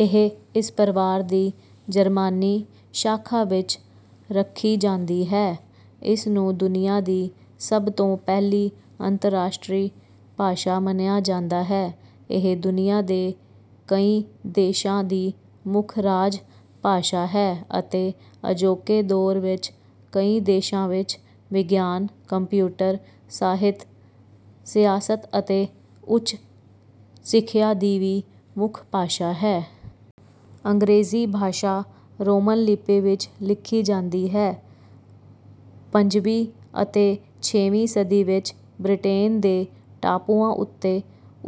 ਇਹ ਇਸ ਪਰਿਵਾਰ ਦੀ ਜਰਮਾਨੀ ਸ਼ਾਖਾ ਵਿੱਚ ਰੱਖੀ ਜਾਂਦੀ ਹੈ। ਇਸ ਨੂੰ ਦੁਨੀਆ ਦੀ ਸਭ ਤੋਂ ਪਹਿਲੀ ਅੰਤਰਰਾਸ਼ਟਰੀ ਭਾਸ਼ਾ ਮੰਨਿਆ ਜਾਂਦਾ ਹੈ। ਇਹ ਦੁਨੀਆ ਦੇ ਕਈ ਦੇਸ਼ਾਂ ਦੀ ਮੁੱਖ ਰਾਜ ਭਾਸ਼ਾ ਹੈ ਅਤੇ ਅਜੋਕੇ ਦੌਰ ਵਿੱਚ ਕਈ ਦੇਸ਼ਾਂ ਵਿੱਚ ਵਿਗਿਆਨ, ਕੰਪਿਊਟਰ, ਸਾਹਿਤ, ਸਿਆਸਤ ਅਤੇ ਉੱਚ ਸਿੱਖਿਆ ਦੀ ਵੀ ਮੁੱਖ ਭਾਸ਼ਾ ਹੈ। ਅੰਗਰੇਜ਼ੀ ਭਾਸ਼ਾ ਰੋਮਨ ਲਿਪੀ ਵਿੱਚ ਲਿਖੀ ਜਾਂਦੀ ਹੈ। ਪੰਜਵੀਂ ਅਤੇ ਛੇਵੀਂ ਸਦੀ ਵਿੱਚ ਬ੍ਰਿਟੇਨ ਦੇ ਟਾਪੂਆਂ ਉੱਤੇ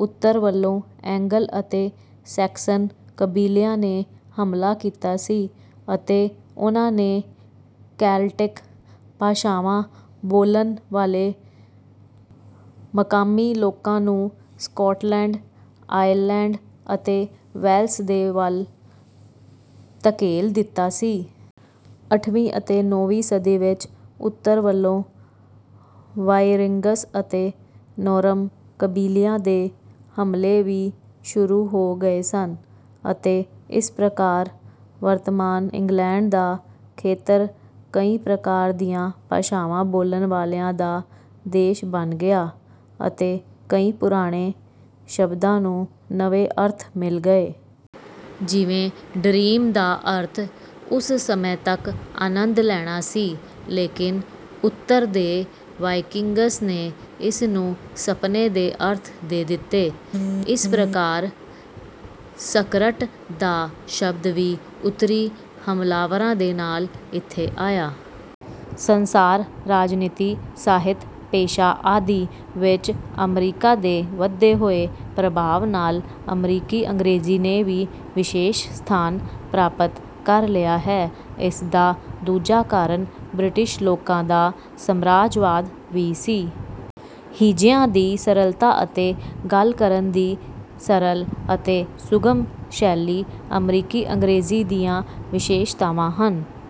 ਉੱਤਰ ਵਲੋਂ ਏਂਗਲ ਅਤੇ ਸੈਕਸਨ ਕਬੀਲਿਆਂ ਨੇ ਹਮਲਾ ਕੀਤਾ ਸੀ ਅਤੇ ਉਹਨਾਂ ਨੇ ਕੈਲਟਿਕ ਭਾਸ਼ਾਵਾਂ ਬੋਲਣ ਵਾਲੇ ਮਕਾਮੀ ਲੋਕਾਂ ਨੂੰ ਸਕਾਟਲੈਂਡ, ਆਇਰਲੈਂਡ ਅਤੇ ਵੇਲਸ ਦੇ ਵੱਲ ਧਕੇਲ ਦਿੱਤਾ ਸੀ। ਅਠਵੀਂ ਅਤੇ ਨੌਵੀਂ ਸਦੀ ਵਿੱਚ ਉੱਤਰ ਵਲੋਂ ਵਾਇਕਿੰਗਸ ਅਤੇ ਨੋਰਸ ਕਬੀਲਿਆਂ ਦੇ ਹਮਲੇ ਵੀ ਸ਼ੁਰੂ ਹੋ ਗਏ ਸਨ ਅਤੇ ਇਸ ਪ੍ਰਕਾਰ ਵਰਤਮਾਨ ਇੰਗਲੈਂਡ ਦਾ ਖੇਤਰ ਕਈ ਪ੍ਰਕਾਰ ਦੀਆਂ ਭਾਸ਼ਾਵਾਂ ਬੋਲਣ ਵਾਲਿਆਂ ਦਾ ਦੇਸ਼ ਬਣ ਗਿਆ, ਅਤੇ ਕਈ ਪੁਰਾਣੇ ਸ਼ਬਦਾਂ ਨੂੰ ਨਵੇਂ ਅਰਥ ਮਿਲ ਗਏ। ਜਿਵੇਂ: ਡਰੀਮ ਦਾ ਅਰਥ ਉਸ ਸਮੇਂ ਤਕ ਆਨੰਦ ਲੈਣਾ ਸੀ ਲੇਕਿਨ ਉੱਤਰ ਦੇ ਵਾਇਕਿੰਗਸ ਨੇ ਇਸ ਨੂੰ ਸਪਨੇ ਦੇ ਅਰਥ ਦੇ ਦਿੱਤੇ। ਇਸ ਪ੍ਰਕਾਰ ਸਕਰਟ ਦਾ ਸ਼ਬਦ ਵੀ ਉੱਤਰੀ ਹਮਲਾਵਰਾਂ ਦੇ ਨਾਲ ਇੱਥੇ ਆਇਆ। ਸੰਸਾਰ ਰਾਜਨੀਤੀ, ਸਾਹਿਤ, ਪੇਸ਼ਾ ਆਦਿ ਵਿੱਚ ਅਮਰੀਕਾ ਦੇ ਵੱਧਦੇ ਹੋਏ ਪ੍ਰਭਾਵ ਨਾਲ ਅਮਰੀਕੀ ਅੰਗਰੇਜ਼ੀ ਨੇ ਵੀ ਵਿਸ਼ੇਸ਼ ਸਥਾਨ ਪ੍ਰਾਪਤ ਕਰ ਲਿਆ ਹੈ। ਇਸ ਦਾ ਦੂਜਾ ਕਾਰਨ ਬ੍ਰਿਟਿਸ਼ ਲੋਕਾਂ ਦਾ ਸਾਮਰਾਜਵਾਦ ਵੀ ਸੀ। ਹਿੱਜਿਆਂ ਦੀ ਸਰਲਤਾ ਅਤੇ ਗੱਲ ਕਰਨ ਦੀ ਸਰਲ ਅਤੇ ਸੁਗਮ ਸ਼ੈਲੀ ਅਮਰੀਕੀ ਅੰਗਰੇਜ਼ੀ ਦੀਆਂ ਵਿਸ਼ੇਸ਼ਤਾਵਾਂ ਹਨ।